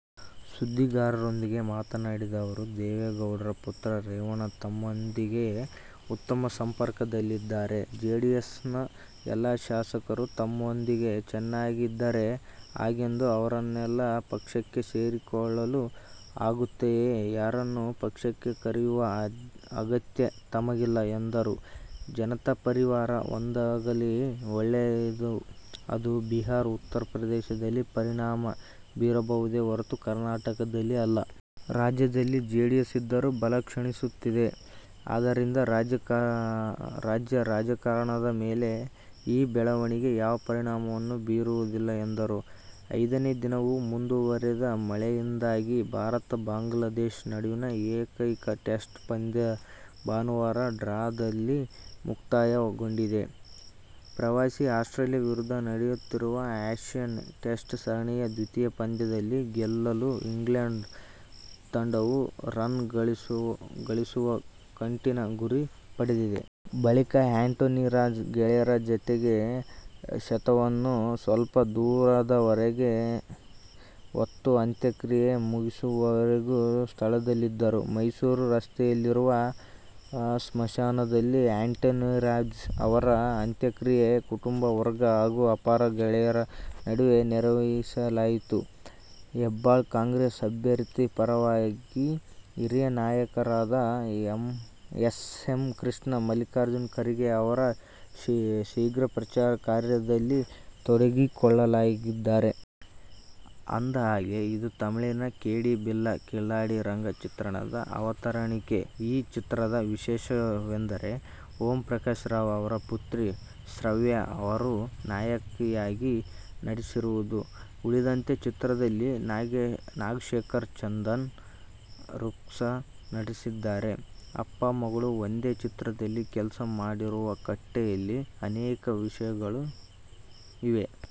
ಸುದ್ದಿಗಾರರೊಂದಿಗೆ ಮಾತನಾಡಿದ ಅವರು, ದೇವೇಗೌಡರ ಪುತ್ರ ರೇವಣ್ಣ ತಮ್ಮೊಂದಿಗೆ ಉತ್ತಮ ಸಂಪರ್ಕದಲ್ಲಿದ್ದಾರೆ. ಜೆಡಿಎಸ್ನ ಎಲ್ಲ ಶಾಸಕರು ತಮ್ಮೊಂದಿಗೆ ಚೆನ್ನಾಗಿಯೇ ಇದ್ದಾರೆ. ಹಾಗೆಂದು ಅವರನ್ನೆಲ್ಲ ಪಕ್ಷಕ್ಕೆ ಸೇರಿಸಿಕೊಳ್ಳಲು ಆಗುತ್ತದೆಯೇ? ಯಾರನ್ನು ಪಕ್ಷಕ್ಕೆ ಕರೆಯುವ ಅಗತ್ಯ ತಮಗಿಲ್ಲ ಎಂದರು. ಜನತಾ ಪರಿವಾರ ಒಂದಾಗಲಿ, ಒಳ್ಳೆಯದು. ಅದು ಬಿಹಾರ, ಉತ್ತರ ಪ್ರದೇಶದಲ್ಲಿ ಪರಿಣಾಮ ಬೀರಬಹುದೇ ಹೊರತು ಕರ್ನಾಟಕದಲ್ಲಿ ಅಲ್ಲ. ರಾಜ್ಯದಲ್ಲಿ ಜೆಡಿಎಸ್ ಇದ್ದರೂ ಬಲ ಕ್ಷೀಣಿಸುತ್ತಿದೆ. ಆದರಿಂದ ರಾಜ್ಯ ರಾಜಕಾರಣದ ಮೇಲೆ ಈ ಬೆಳವಣಿಗೆ ಯಾವ ಪರಿಣಾಮವನ್ನು ಬೀರುವುದಿಲ್ಲ ಎಂದರು. ಐದನೇ ದಿನವೂ ಮುಂದುವರಿದ ಮಳೆಯಿಂದಾಗಿ ಭಾರತ-ಬಾಂಗ್ಲಾದೇಶ ನಡುವಿನ ಏಕೈಕ ಟೆಸ್ಟ್ ಪಂದ್ಯ ಭಾನುವಾರ ಡ್ರಾದಲ್ಲಿ ಮುಕ್ತಾಯಗೊಂಡಿದೆ. ಪ್ರವಾಸಿ ಆಸ್ಟ್ರೇಲಿಯ ವಿರುದ್ಧ ನಡೆಯುತ್ತಿರುವ ಆ್ಯಶಸ್ ಟೆಸ್ಟ್ ಸರಣಿಯ ದ್ವಿತೀಯ ಪಂದ್ಯದಲ್ಲಿ ಗೆಲ್ಲಲು ಇಂಗ್ಲೆಂಡ್ ತಂಡವು ರನ್ ಗಳಿಸುವ ಕಠಿನ ಗುರಿ ಪಡೆದಿದೆ. ಬಳಿಕ ಆಂಟೋನಿರಾಜ್ ಗೆಳೆಯರ ಜತೆಗೆ ಶವವನ್ನು ಸ್ವಲ್ಪ ದೂರದವರೆಗೆ ಹೊತ್ತು ಅಂತ್ಯಕ್ರಿಯೆ ಮುಗಿಯುವವರೆಗೂ ಸ್ಥಳದಲ್ಲಿದ್ದರು. ಮೈಸೂರು ರಸ್ತೆಯಲ್ಲಿರುವ ಸ್ಮಶಾನದಲ್ಲಿ ಆಂಟೋನಿರಾಜ್ ಅವರ ಅಂತ್ಯಕ್ರಿಯೆ ಕುಟುಂಬ ವರ್ಗ ಹಾಗು ಅಪಾರ ಗೆಳೆಯರ ನಡುವೆ ನೆರವೇರಿಸಲಾಯಿತು. ಹೆಬ್ಟಾಳ ಕಾಂಗ್ರೆಸ್ ಅಭ್ಯರ್ಥಿ ಪರವಾಗಿ ಹಿರಿಯ ನಾಯಕರಾದ ಎಸ್. ಎಂ. ಕೃಷ್ಣ, ಮಲ್ಲಿಕಾರ್ಜುನ ಖರ್ಗೆ ಅವರು ಶೀಘ್ರ ಪ್ರಚಾರ ಕಾರ್ಯದಲ್ಲಿ ತೊಡಗಿಕೊಳ್ಳಲಿದ್ದಾರೆ. ಅಂದಹಾಗೆ, ಇದು ತಮಿಳಿನ "ಕೇಡಿ ಬಿಲ್ಲಾ ಕಿಲಾಡಿ ರಂಗ' ಚಿತ್ರದ ಅವತರಣಿಕೆ. ಈ ಚಿತ್ರದ ವಿಶೇಷವೆಂದರೆ, ಓಂಪ್ರಕಾಶ್ರಾವ್ ಅವರ ಪುತ್ರಿ ಶ್ರಾವ್ಯಾ ಅವರು ನಾಯಕಿಯಾಗಿ ನಟಿಸಿರುವುದು. ಉಳಿದಂತೆ ಚಿತ್ರದಲ್ಲಿ ನಾಗಶೇಖರ್, ಚಂದನ್, ರುಕ್ಸಾ ನಟಿಸಿದ್ದಾರೆ. ಅಪ್ಪ ಮಗಳು ಒಂದೇ ಚಿತ್ರದಲ್ಲಿ ಕೆಲಸ ಮಾಡಿರುವ "ಕಟ್ಟೆ'ಯಲ್ಲಿ ಅನೇಕ ವಿಶೇಷತೆಗಳೂ ಇವೆ.